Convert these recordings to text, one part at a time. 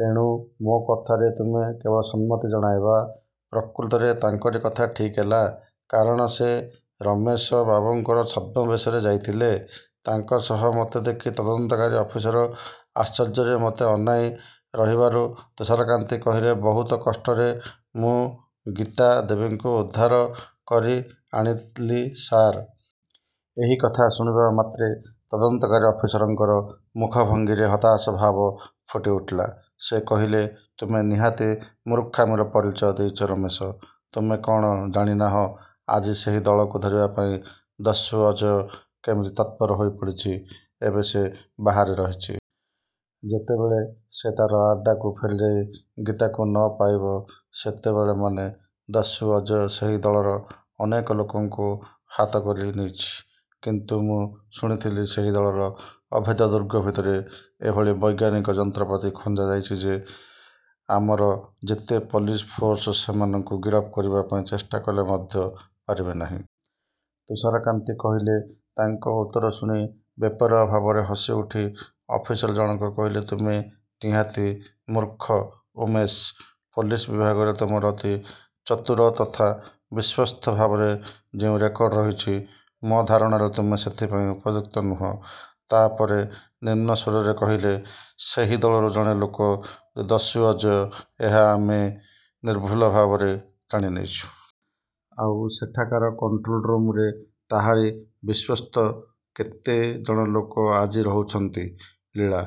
ତେଣୁ ମୋ କଥାରେ ତୁମେ କେବଳ ସମ୍ମତି ଜଣାଇବ। ପ୍ରକୃତରେ ତାଙ୍କରି କଥା ଠିକ୍ ହେଲା। କାରଣ ସେ ରମେଶ ବାବୁଙ୍କର ଛଦ୍ମବେଶରେ ଯାଇଥିଲେ। ତାଙ୍କ ସହ ମୋତେ ଦେଖି ତଦନ୍ତକାରୀ ଅଫିସର ଆଶ୍ଚର୍ଯ୍ୟରେ ମୋତେ ଅନାଇ ରହିବାରୁ ତୁଷାରକାନ୍ତି କହିଲେ ବହୁତ କଷ୍ଟରେ ମୁଁ ରୀତା ଦେବୀଙ୍କୁ ଉଦ୍ଧାର କରି ଆଣିଲି ସାର୍। ଏହି କଥା ଶୁଣିବା ମାତ୍ରେ ତଦନ୍ତକାରୀ ଅଫିସରଙ୍କର ମୁଖଭଙ୍ଗୀରେ ହତାଶଭାବ ଫୁଟିଉଠିଲା। ସେ କହିଲେ ତୁମେ ନିହାତି ମୂର୍ଖାମିର ପରିଚୟ ଦେଇଛ ରମେଶ। ତୁମେ କ’ଣ ଜାଣିନାହଁ ଆଜି ସେହି ଦଳକୁ ଧରିବା ପାଇଁ ଦସ୍ୟୁ ଅଜୟ କେମିତି ତତ୍ପର ହୋଇପଡ଼ିଛି? ଏବେ ସେ ବାହାରେ ରହିଛି। ଯେତେବେଳେ ସେ ତା’ର ଆଡ଼୍ଡାକୁ ଫେରିଯାଇ ରୀତାକୁ ନ ପାଇବ ସେତେବେଳେ ମାନେ? ଦସ୍ୟୁ ଅଜୟ ସେହି ଦଳର ଅନେକ ଲୋକଙ୍କୁ ହାତକରି ନେଇଛି। କିନ୍ତୁ ମୁଁ ଶୁଣୁଥିଲି ସେହି ଦଳର ଅଭେଦ୍ୟ ଦୁର୍ଗ ଭିତରେ ଏଭଳି ବୈଜ୍ଞାନିକ ଯନ୍ତ୍ରପାତି ଖଞ୍ଜାଯାଇଛି ଯେ ଆମର ଯେତେ ପୋଲିସ ଫୋର୍ସ ସେମାନଙ୍କୁ ଗିରଫ କରିବା ପାଇଁ ଚେଷ୍ଟା କଲେ ମଧ୍ୟ ପାରିବେ ନାହିଁ। ତୁଷାରକାନ୍ତି କହିଲେ। ତାଙ୍କ ଉତ୍ତର ଶୁଣି ବେପରୁଆ ଭାବରେ ହସିଉଠି ଅଫିସର ଜଣକ କହିଲେ ତୁମେ ନିହାତି ମୂର୍ଖ ଉମେଶ! ପୋଲିସ ବିଭାଗରେ ତୁମର ଅତି ଚତୁର ତଥା ବିଶ୍ୱସ୍ତ ଭାବର ଯେଉଁ ରେକର୍ଡ ରହିଛି ମୋ ଧାରଣାରେ ତୁମେ ସେଥିପାଇଁ ଉପଯୁକ୍ତ ନୁହଁ। ତା’ ପରେ ନିମ୍ନ ସ୍ୱରରେ କହିଲେ ସେହି ଦଳରୁ ଜଣେ ଲୋକ ଯେ ଦସ୍ୟୁ ଅଜୟ ଏହା ଆମେ ନିର୍ଭୁଲ ଭାବରେ ଜାଣିନେଇଛୁ। ଆଉ ସେଠାକାର କଣ୍ଟ୍ରୋଲ୍ ରୁମ୍‌ରେ ତାହାରି ବିଶ୍ୱସ୍ତ କେତେ ଜଣ ଲୋକ ଆଜି ରହୁଛନ୍ତି। ଲୀଳା!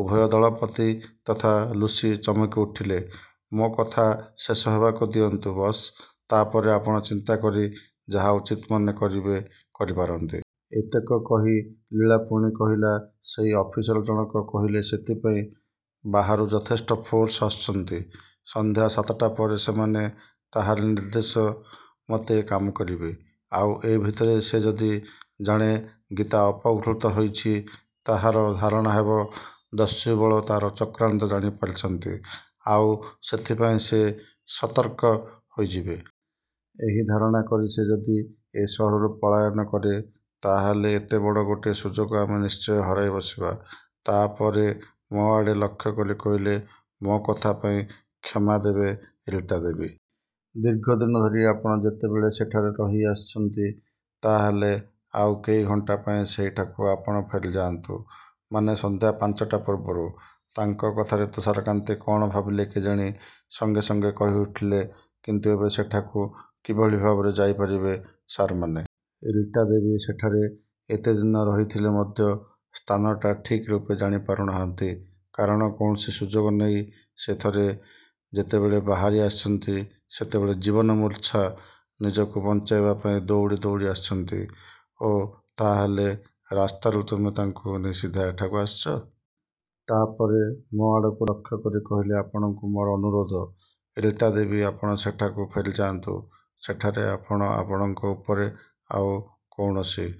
ଉଭୟ ଦଳପତି ତଥା ଲୁସି ଚମକିଉଠିଲେ। ମୋ କଥା ଶେଷ ହେବାକୁ ଦିଅନ୍ତୁ ବସ୍। ତା’ ପରେ ଆପଣ ଚିନ୍ତା କରି ଯାହା ଉଚିତ୍ ମନେ କରିବେ କରିପାରନ୍ତି। ଏତକ କହି ଲୀଳା ପୁଣି କହିଲା ସେହି ଅଫିସର ଜଣକ କହିଲେ ସେଥିପାଇଁ ବାହାରୁ ଯଥେଷ୍ଟ ଫୋର୍ସ ଆସୁଛନ୍ତି। ସନ୍ଧ୍ୟା ସାତଟା ପରେ ସେମାନେ ତାହାରି ନିର୍ଦ୍ଦେଶ ମତେ କାମ କରିବେ। ଆଉ ଏ ଭିତରେ ସେ ଯଦି ଜାଣେ ରୀତା ଅପହୃତ ହୋଇଛି ତାହାର ଧାରଣା ହେବ ଦସ୍ୟୁଦଳ ତା’ର ଚକ୍ରାନ୍ତ ଜାଣିପାରିଛନ୍ତି ଆଉ ସେଥିପାଇଁ ସେ ସତର୍କ ହୋଇଯିବେ। ଏହି ଧାରଣା କରି ସେ ଯଦି ଏ ସହରରୁ ପଳାୟନ କରେ ତା’ ହେଲେ ଏତେ ବଡ଼ ଗୋଟାଏ ସୁଯୋଗ ଆମେ ନିଶ୍ଚୟ ହରାଇ ବସିବା। ତା’ ପରେ ମୋ ଆଡ଼େ ଲକ୍ଷ୍ୟ କରି କହିଲେ ମୋ କଥା ପାଇଁ କ୍ଷମା ଦେବେ ରୀତା ଦେବୀ। ଦୀର୍ଘଦିନ ଧରି ଆପଣ ଯେତେବେଳେ ସେଠାରେ ରହିଆସିଛନ୍ତି ତା’ ହେଲେ ଆଉ କେଇ ଘଣ୍ଟା ପାଇଁ ସେହିଠାକୁ ଆପଣ ଫେରିଯାଆନ୍ତୁ। ମାନେ ସନ୍ଧ୍ୟା ପାଞ୍ଚଟା ପୂର୍ବରୁ। ତାଙ୍କ କଥାରେ ତୁଷାରକାନ୍ତି କ’ଣ ଭାବିଲେ କେଜାଣି ସାଙ୍ଗେ ସାଙ୍ଗେ କହିଉଠିଲେ କିନ୍ତୁ ଏବେ ସେଠାକୁ କିଭଳି ଭାବରେ ଯାଇପାରିବେ ସାର୍ ମାନେ? ରୀତା ଦେବୀ ସେଠାରେ ଏତେ ଦିନ ରହିଥିଲେ ମଧ୍ୟ ସ୍ଥାନଟା ଠିକ୍ ରୂପେ ଜାଣିପାରୁନାହାନ୍ତି। କାରଣ କୌଣସି ସୁଯୋଗ ନେଇ ସେ ଥରେ ଯେତେବେଳେ ବାହାରି ଆସିଛନ୍ତି ସେତେବେଳେ ଜୀବନମୂର୍ଚ୍ଛା ନିଜକୁ ବଞ୍ଚାଇବା ପାଇଁ ଦୌଡ଼ି ଦୌଡ଼ି ଆସିଛନ୍ତି। ଓଃ ତା’ ହେଲେ ରାସ୍ତାରୁ ତୁମେ ତାଙ୍କୁ ନେଇ ସିଧା ଏଠାକୁ ଆସିଛ? ତା’ ପରେ ମୋ ଆଡ଼କୁ ଲକ୍ଷ୍ୟ କରି କହିଲେ ଆପଣଙ୍କୁ ମୋର ଅନୁରୋଧ ରୀତା ଦେବୀ ଆପଣ ସେଠାକୁ ଫେରିଯାଆନ୍ତୁ। ସେଠାରେ ଆପଣ ଆପଣଙ୍କ ଉପରେ ଆଉ କୌଣସି